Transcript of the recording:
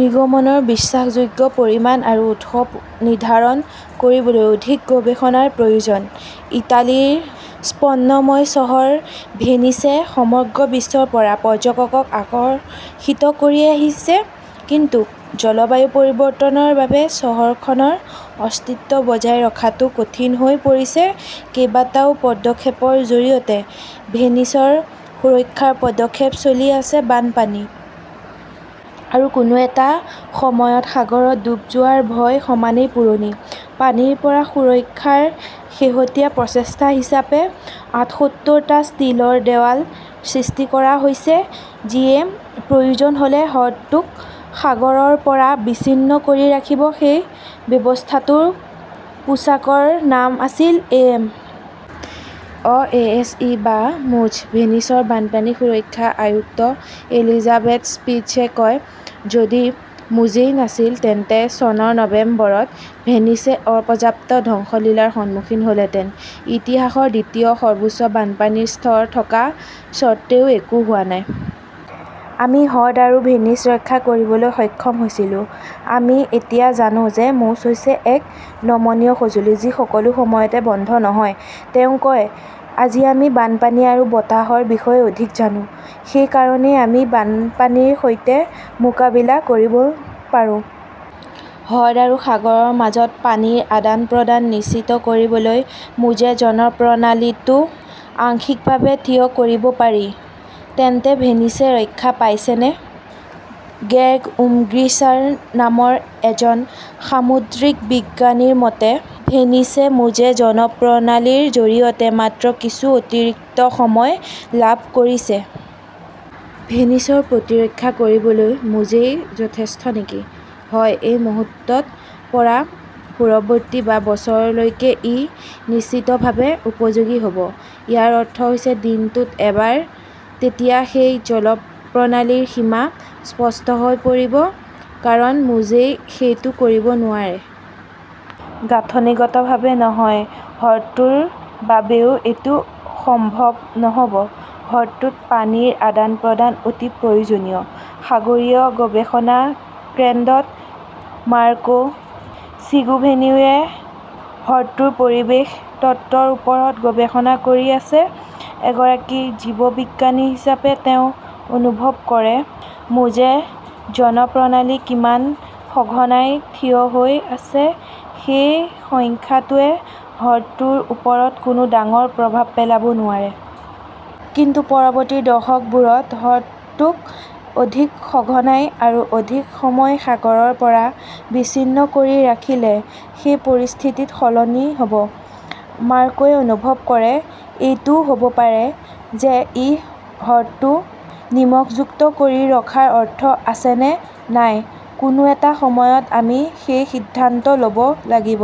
নিৰ্গমনৰ বিশ্বাসযোগ্য পৰিমাণ আৰু উৎস নিৰ্ধাৰণ কৰিবলৈ অধিক গৱেষণাৰ প্ৰয়োজন। ইটালীৰ স্বপ্নময় চহৰ ভেনিছে সমগ্ৰ বিশ্বৰ পৰা পৰ্যটকক আকৰ্ষিত কৰি আহিছে। কিন্তু জলবায়ু পৰিৱৰ্তনৰ বাবে চহৰখনৰ অস্তিত্ব বজাই ৰখাটো কঠিন হৈ পৰিছে। কেইবাটাও পদক্ষেপৰ জৰিয়তে ভেনিচৰ সুৰক্ষাৰ পদক্ষেপ চলি আছে। বানপানী আৰু কোনো এটা সময়ত সাগৰত ডুব যোৱাৰ ভয় সমানেই পুৰণি। পানীৰ পৰা সুৰক্ষাৰ শেহতীয়া প্ৰচেষ্টা হিচাপে আঠসত্তৰটা ষ্টীলৰ দেৱাল সৃষ্টি কৰা হৈছে, যিয়ে প্ৰয়োজন হ'লে হ্ৰদটোক সাগৰৰ পৰা বিচ্ছিন্ন কৰি ৰাখিব। সেই ব্যৱস্থাটোৰ পোচাকৰ নাম আছিল এম. অ'. এছ. ই. বা মোজ। ভেনিচৰ বানপানী সুৰক্ষা আয়ুক্ত এলিজাবেথ স্পিটছে কয়, যদি মোজেই নাছিল তেন্তে চনৰ নৱেম্বৰত ভেনিছে অপৰ্যাপ্ত ধ্বংসলীলাৰ সন্মুখীন হ'লহেঁতেন। ইতিহাসৰ দ্বিতীয় সৰ্বোচ্চ বানপানীৰ স্তৰ থকা স্বত্বেও একো হোৱা নাই। আমি হ্ৰদ আৰু ভেনিচ ৰক্ষা কৰিবলৈ সক্ষম হৈছিলো। আমি এতিয়া জানো যে মোজ হৈছে এক নমনীয় সঁজুলি, যি সকলো সময়তে বন্ধ নহয়, তেওঁ কয়। আজি আমি বানপানী আৰু বতাহৰ বিষয়ে অধিক জানো। সেই কাৰণেই আমি বানপানীৰ সৈতে মোকাবিলা কৰিব পাৰোঁ। হ্ৰদ আৰু সাগৰৰ মাজত পানীৰ আদান-প্ৰদান নিশ্চিত কৰিবলৈ মোজে জলপ্ৰণালীটো আংশিকভাৱে থিয় কৰিব পাৰি। তেন্তে ভেনিছে ৰক্ষা পাইছেনে? গেৰ্গ উমগিছাৰ নামৰ এজন সামুদ্ৰিক বিজ্ঞানীৰ মতে, ভেনিছে মোজে জলপ্ৰণালীৰ জৰিয়তে মাত্ৰ কিছু অতিৰিক্ত সময় লাভ কৰিছে। ভেনিচৰ প্ৰতিৰক্ষা কৰিবলৈ মোজেই যথেষ্ট নেকি? হয়, এই মুহূৰ্তত বা পৰৱৰ্তী বা বছৰলৈকে ই নিশ্চিতভাৱে উপযোগী হ 'ব। ইয়াৰ অৰ্থ হৈছে দিনটোত এবাৰ। তেতিয়া সেই জলপ্ৰণালীৰ সীমা স্পষ্ট হৈ পৰিব। কাৰণ মোজেই সেইটো কৰিব নোৱাৰে। গাঁথনিগতভাৱে নহয়, হ্ৰদটোৰ বাবেও এইটো সম্ভৱ নহ'ব। হ্ৰদটোত পানীৰ আদান-প্ৰদান অতি প্ৰয়োজনীয়। সাগৰীয় গৱেষণা কেন্দ্ৰত মাৰ্কো চিগোভিনিওৱে হ্ৰদটোৰ পৰিৱেশ তন্ত্ৰৰ ওপৰত গৱেষণা কৰি আছে। এগৰাকী জীৱবিজ্ঞানী হিচাপে তেওঁ অনুভৱ কৰে, মোজে জলপ্ৰণালী কিমান সঘনাই থিয় হৈ আছে, সেই সংখ্যাটোৱে হ্ৰদটোৰ ওপৰত কোনো ডাঙৰ প্ৰভাৱ পেলাব নোৱাৰে। কিন্তু পৰৱৰ্তী দশকবোৰত হ্ৰদটোক অধিক সঘনাই আৰু অধিক সময় সাগৰৰ পৰা বিচ্ছিন্ন কৰি ৰাখিলে সেই পৰিস্থিতি সলনি হ 'ব। মাৰ্কোৱে অনুভৱ কৰে, এইটোও হ'ব পাৰে যে এই হ্ৰদটো নিমখযুক্ত কৰি ৰখাৰ অৰ্থ আছে নে নাই, কোনো এটা সময়ত আমি সেই সিদ্ধান্ত ল'ব লাগিব।